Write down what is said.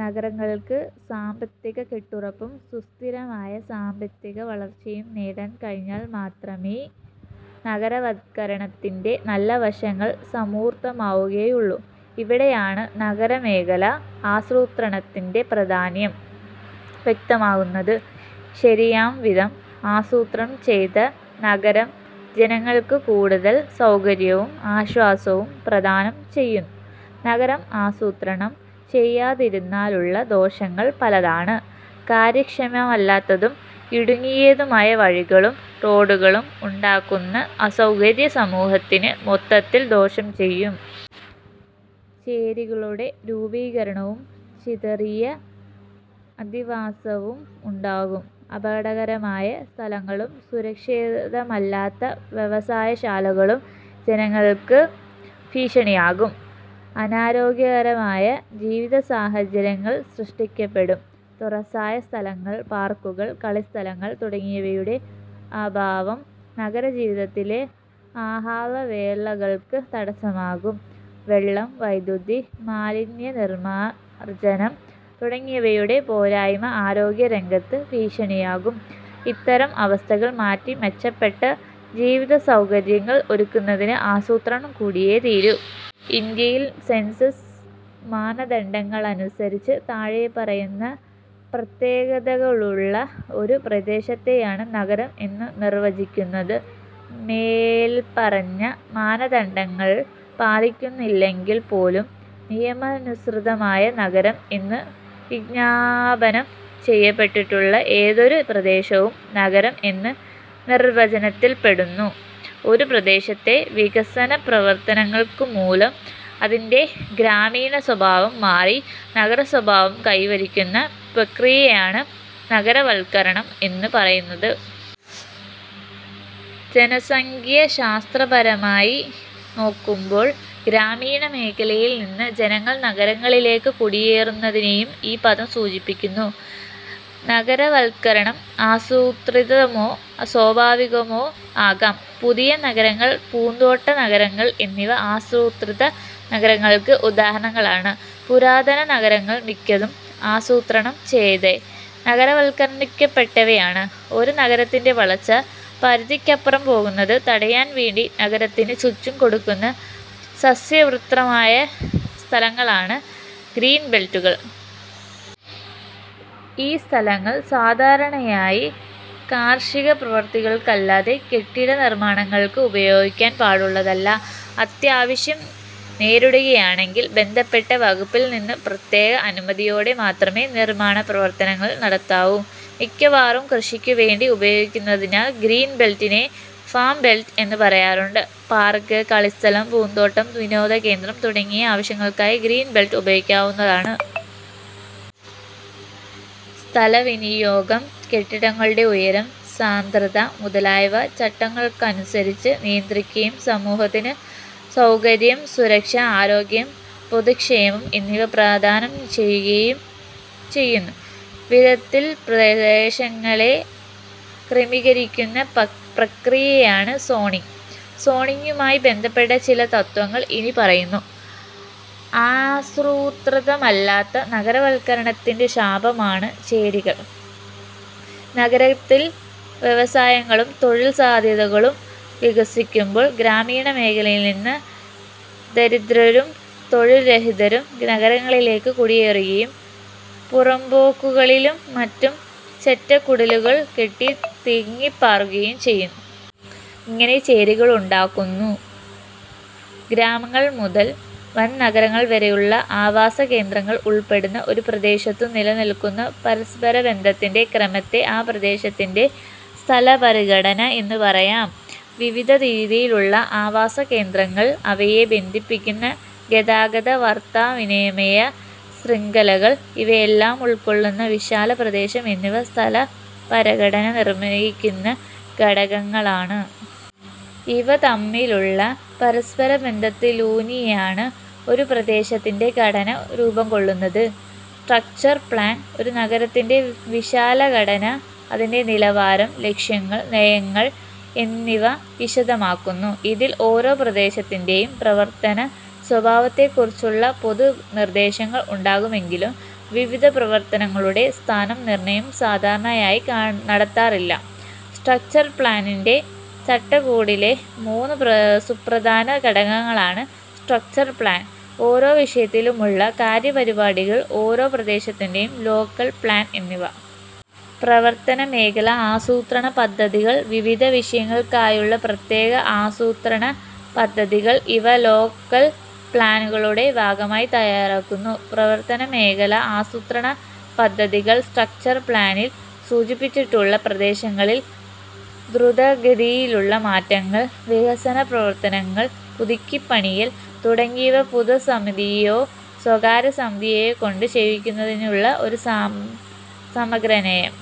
നഗരങ്ങൾക്ക് സാമ്പത്തിക കെട്ടുറപ്പും സുസ്ഥിരമായ സാമ്പത്തികവളർച്ചയും നേടാൻ കഴിഞ്ഞാൽ മാത്രമേ നഗരവത്കരണത്തിന്റെ നല്ല വശങ്ങൾ സമൂർത്തമാവുകയുള്ളൂ. ഇവിടെയാണ് നഗരമേഖലാ ആസൂത്രണത്തിന്റെ പ്രാധാന്യം വ്യക്തമാകുന്നത്. ശരിയാംവിധം ആസൂത്രണം ചെയ്ത നഗരം ജനങ്ങൾക്ക് കൂടുതൽ സൗകര്യവും ആശ്വാസവും പ്രദാനം ചെയ്യുന്നു. നഗരം ആസൂത്രണം ചെയ്യാതിരുന്നാലുള്ള ദോഷങ്ങൾ പലതാണ്. കാര്യക്ഷമമല്ലാത്തതും ഇടുങ്ങിയതുമായ വഴികളും റോഡുകളും ഉണ്ടാക്കുന്ന അസൗകര്യം സമൂഹത്തിന് മൊത്തത്തിൽ ദോഷം ചെയ്യും. ചേരികളുടെ രൂപീകരണവും ചിതറിയ അധിവാസവും ഉണ്ടാകും. അപകടകരമായ സ്ഥലങ്ങളും സുരക്ഷിതമല്ലാത്ത വ്യവസായശാലകളും ജനങ്ങൾക്ക് ഭീഷണിയാകും. അനാരോഗ്യകരമായ ജീവിതസാഹചര്യങ്ങൾ സൃഷ്ടിക്കപ്പെടും. തുറസ്സായ സ്ഥലങ്ങൾ, പാർക്കുകൾ, കളിസ്ഥലങ്ങൾ തുടങ്ങിയവയുടെ അഭാവം നഗരജീവിതത്തിലെ ആഹ്ലാവേളകൾക്ക് തടസ്സമാകും. വെള്ളം, വൈദ്യുതി, മാലിന്യനിർമാർജ്ജനം തുടങ്ങിയവയുടെ പോരായ്മ ആരോഗ്യരംഗത്ത് ഭീഷണിയാകും. ഇത്തരം അവസ്ഥകൾ മാറ്റി മെച്ചപ്പെട്ട ജീവിതസൗകര്യങ്ങൾ ഒരുക്കുന്നതിന് ആസൂത്രണം കൂടിയേ തീരൂ. ഇന്ത്യയിൽ സെൻസസ് മാനദണ്ഡങ്ങളനുസരിച്ച് താഴെ പറയുന്ന പ്രത്യേകതകളുള്ള ഒരു പ്രദേശത്തെയാണ് നഗരം എന്നു നിർവചിക്കുന്നത്. മേല്പറഞ്ഞ മാനദണ്ഡങ്ങൾ പാലിക്കുന്നില്ലെങ്കിൽപ്പോലും നിയമാനുസൃതമായി നഗരം എന്നു വിജ്ഞാപനം ചെയ്യപ്പെട്ടിട്ടുള്ള ഏതൊരു പ്രദേശവും നഗരം എന്ന നിർവചനത്തിൽപ്പെടുന്നു. ഒരു പ്രദേശത്തെ വികസനപ്രവർത്തനങ്ങൾമൂലം അതിന്റെ ഗ്രാമീണസ്വഭാവം മാറി നഗരസ്വഭാവം കൈവരിക്കുന്ന പ്രക്രിയയെയാണ് നഗരവത്കരണം എന്നു പറയുന്നത്. ജനസംഖ്യാശാസ്ത്രപരമായി നോക്കുമ്പോൾ ഗ്രാമീണമേഖലയിൽ നിന്ന് ജനങ്ങൾ നഗരങ്ങളിലേക്ക് കുടിയേറുന്നതിനെയും ഈ പദം സൂചിപ്പിക്കുന്നു. നഗരവത്കരണം ആസൂത്രിതമോ സ്വാഭാവികമോ ആകാം. പുതിയ നഗരങ്ങൾ, പൂന്തോട്ട നഗരങ്ങൾ എന്നിവ ആസൂത്രിത നഗരങ്ങൾക്ക് ഉദാഹരണങ്ങളാണ്. പുരാതന നഗരങ്ങൾ മിക്കതും ആസൂത്രണം ചെയ്യാതെ നഗരവത്കരിക്കപ്പെട്ടവയാണ്. ഒരു നഗരത്തിന്റെ വളർച്ച പരിധിക്കപ്പുറം പോകുന്നത് തടയാൻവേണ്ടി നഗരത്തിനു ചുറ്റും കൊടുക്കുന്ന സസ്യാവൃതമായ സ്ഥലങ്ങളാണ് ഗ്രീൻ ബെൽറ്റുകൾ. ഈ സ്ഥലങ്ങൾ സാധാരണയായി കാർഷികപ്രവൃത്തികൾക്കല്ലാതെ കെട്ടിട നിർമ്മാണങ്ങൾക്ക് ഉപയോഗിക്കാൻ പാടുള്ളതല്ല. അത്യാവശ്യം നേരിടുകയാണെങ്കിൽ ബന്ധപ്പെട്ട വകുപ്പിൽനിന്ന് പ്രത്യേക അനുമതിയോടെ മാത്രമേ നിർമ്മാണപ്രവർത്തനങ്ങൾ നടത്താവൂ. മിക്കവാറും കൃഷിക്കുവേണ്ടി ഉപയോഗിക്കുന്നതിനാൽ ഗ്രീൻ ബെൽറ്റിനെ ഫാം ബെൽറ്റ് എന്നും പറയാറുണ്ട്. പാർക്ക്, കളിസ്ഥലം, പൂന്തോട്ടം, വിനോദകേന്ദ്രം തുടങ്ങിയ ആവശ്യങ്ങൾക്കായി ഗ്രീൻ ബെൽറ്റ് ഉപയോഗിക്കാവുന്നതാണ്. സ്ഥലവിനിയോഗം, കെട്ടിടങ്ങളുടെ ഉയരം, സാന്ദ്രത മുതലായവ ചട്ടങ്ങൾക്കനുസരിച്ച് നിയന്ത്രിക്കുകയും സമൂഹത്തിന് സൌകര്യം, സുരക്ഷ, ആരോഗ്യം, പൊതുക്ഷേമം എന്നിവ പ്രദാനം ചെയ്യുകയും ചെയ്യുന്ന വിധത്തിൽ പ്രദേശങ്ങളെ ക്രമീകരിക്കുന്ന പ്രക്രിയയാണ് സോണിങ്. സോണിങ്ങുമായി ബന്ധപ്പെട്ട ചില തത്ത്വങ്ങൾ ഇനി പറയുന്നു. ആസൂത്രിതമല്ലാത്ത നഗരവത്കരണത്തിന്റെ ശാപമാണ് ചേരികൾ. നഗരത്തിൽ വ്യവസായങ്ങളും തൊഴിൽസാധ്യതകളും വികസിക്കുമ്പോൾ ഗ്രാമീണമേഖലയിൽനിന്ന് ദരിദ്രരും തൊഴിൽരഹിതരും നഗരങ്ങളിലേക്കു കുടിയേറുകയും പുറമ്പോക്കുകളിലും മറ്റും ചെറ്റക്കുടിലുകൾ കെട്ടി തിങ്ങിപ്പാർക്കുകയും ചെയ്യുന്നു. ഇങ്ങനെ ചേരികളുണ്ടാകുന്നു. ഗ്രാമങ്ങൾ മുതൽ വൻനഗരങ്ങൾ വരെയുള്ള ആവാസകേന്ദ്രങ്ങൾ ഉൾപ്പെടുന്ന ഒരു പ്രദേശത്തു നിലനില്ക്കുന്ന പരസ്പരബന്ധത്തിന്റെ ക്രമത്തെ ആ പ്രദേശത്തിന്റെ സ്ഥലപരഘടന എന്നു പറയാം. വിവിധ രീതിയിലുള്ള ആവാസകേന്ദ്രങ്ങൾ, അവയെ ബന്ധിപ്പിക്കുന്ന ഗതാഗത വാർത്താവിനിമയ ശൃംഖലകൾ, ഇവയെല്ലാമുൾക്കൊള്ളുന്ന വിശാല പ്രദേശം എന്നിവ സ്ഥലപരഘടന നിർണയിക്കുന്ന ഘടകങ്ങളാണ്. ഇവ തമ്മിലുള്ള പരസ്പരബന്ധത്തിലൂന്നിയാണ് ഒരു പ്രദേശത്തിന്റെ ഘടന രൂപംകൊള്ളുന്നത്. സ്ട്രക്ചർ പ്ലാൻ ഒരു നഗരത്തിന്റെ വിശാലഘടന, അതിന്റെ നിലവാരം, ലക്ഷ്യങ്ങൾ, നയങ്ങൾ എന്നിവ വിശദമാക്കുന്നു. ഇതിൽ ഓരോ പ്രദേശത്തിന്റെയും പ്രവർത്തന സ്വഭാവത്തെക്കുറിച്ചുള്ള പൊതു നിർദ്ദേശങ്ങൾ ഉണ്ടാകുമെങ്കിലും വിവിധ പ്രവർത്തനങ്ങളുടെ സ്ഥാന നിർണയം സാധാരണയായി നടത്താറില്ല. സ്ട്രക്ചർ പ്ളാനിന്റെ ചട്ടകൂടിലെ മൂന്ന് സുപ്രധാന ഘടകങ്ങളാണ്: സ്ട്രക്ചർ പ്ളാൻ, ഓരോ വിഷയത്തിലുമുള്ള കാര്യപരിപാടികൾ, ഓരോ പ്രദേശത്തിന്റെയും ലോക്കൽ പ്ളാൻ എന്നിവ. പ്രവർത്തനമേഖലാ ആസൂത്രണ പദ്ധതികൾ, വിവിധ വിഷയങ്ങൾക്കായുള്ള പ്രത്യേക ആസൂത്രണപദ്ധതികൾ ഇവ ലോക്കൽപ്ളാനുകളുടെ ഭാഗമായി തയ്യാറാക്കുന്നു. പ്രവർത്തനമേഖലാ ആസൂത്രണപദ്ധതികൾ, സ്ട്രക്ചർ പ്ലാനിൽ സൂചിപ്പിച്ചിട്ടുള്ള പ്രദേശങ്ങളിൽ ദ്രുതഗതിയിലുള്ള മാറ്റങ്ങൾ, വികസന പ്രവർത്തനങ്ങൾ, പുതുക്കിപ്പണിയൽ തുടങ്ങിയവ പൊതുസമിതിയെയോ സ്വകാര്യ സമിതിയെയോകൊണ്ട് ചെയ്യിക്കുന്നതിനുള്ള ഒരു സമഗ്ര നയം